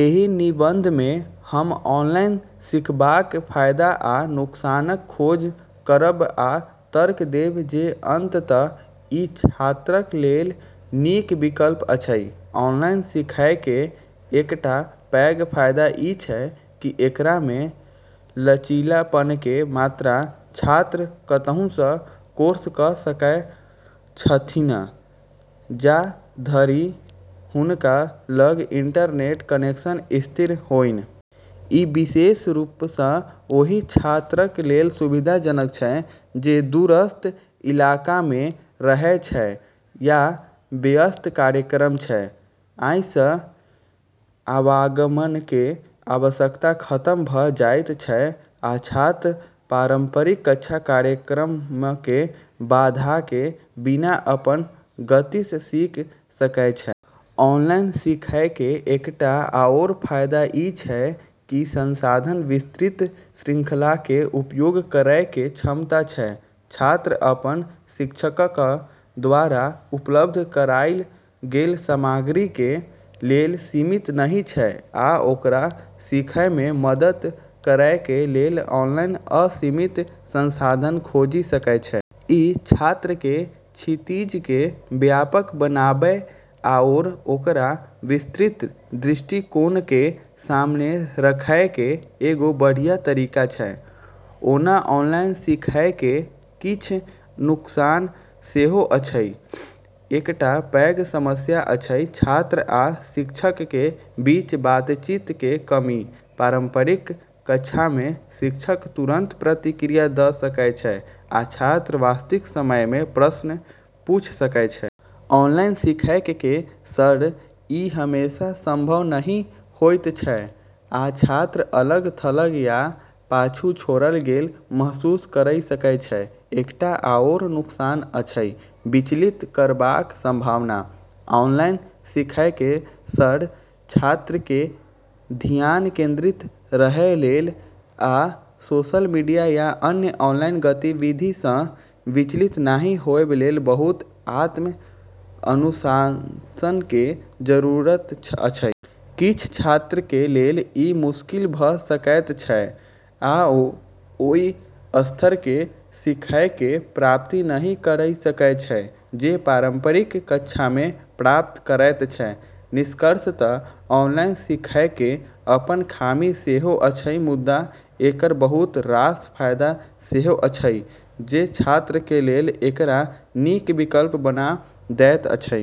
एहि निबंधमे हम ऑनलाइन सीखबाक फायदा आ नुकसानक खोज करब आ तर्क देब जे अंततः ई छात्रक लेल नीक विकल्प अछि। ऑनलाइन सिखैके एकटा पैघ फायदा ई छै कि एकरामे लचीलापनके मात्रा। छात्र कतहुसँ कोर्स क' सकै छथिन्ह, जा धरि हुनका लग इंटरनेट कनेक्शन स्थिर होइन। ई विशेष रूपसँ ओइ छात्रक लेल सुविधाजनक छै जे दूरस्थ इलाकामे रहै छै या व्यस्त कार्यक्रम छै। अइसँ आवागमनके आवश्यकता खतम भ' जाइत छै, आ छात्र पारंपरिक कक्षा कार्यक्रमके बाधाके बिना अपन गतिसँ सीख सकै छै। ऑनलाइन सिखैके एकटा आओर फाइदा ई छै कि संसाधनक विस्तृत श्रृंखलाके उपयोग करैके क्षमता छै। छात्र अपन शिक्षकक द्वारा उपलब्ध कराइल गेल सामग्रीके लेल सीमित नहि छै, आ ओकरा सीखयमे मदद करैके लेल ऑनलाइन असीमित संसाधन खोजि सकै छै। ई छात्रके क्षितिजके व्यापक बनाबै आओर ओकरा विस्तृत दृष्टिकोणके सामने राखैके एगो बढ़ियाँ तरीका छै। ओना ऑनलाइन सिखैके किछ नुकसान सेहो अछि। एकटा पैघ समस्या अछि छात्र आ शिक्षकके बीच बातचीतके कमी। पारंपरिक कक्षामे शिक्षक तुरंत प्रतिक्रिया द' सकै छै आ छात्र वास्तविक समयमे प्रश्न पूछि सकै छै। ऑनलाइन सिखैके सङ्ग ई हमेशा संभव नहि होइत छै, आ छात्र अलग-थलग या पाछू छोड़ल गेल महसूस करि सकै छै। एकटा आओर नुकसान अछि विचलित करबाक संभावना। ऑनलाइन सिखैके सङ्ग छात्रके धियान केंद्रित रहय लेल आ सोशल मीडिया या अन्य ऑनलाइन गतिविधिसँ विचलित नहि होबय लेल बहुत आत्म-अनुशासनके जरूरत अछि। किछ छात्रके लेल ई मुश्किल भ' सकैत छै, आ ओ ओइ स्तरके सिखैके प्राप्ति नहि करि सकै छै जे पारंपरिक कक्षामे प्राप्त करैत छै। निष्कर्षतः ऑनलाइन सिखैके अपन खामी सेहो अछि मुदा एकर बहुत रास फायदा सेहो अछि जे छात्रके लेल एकरा नीक विकल्प बना दैत अछि।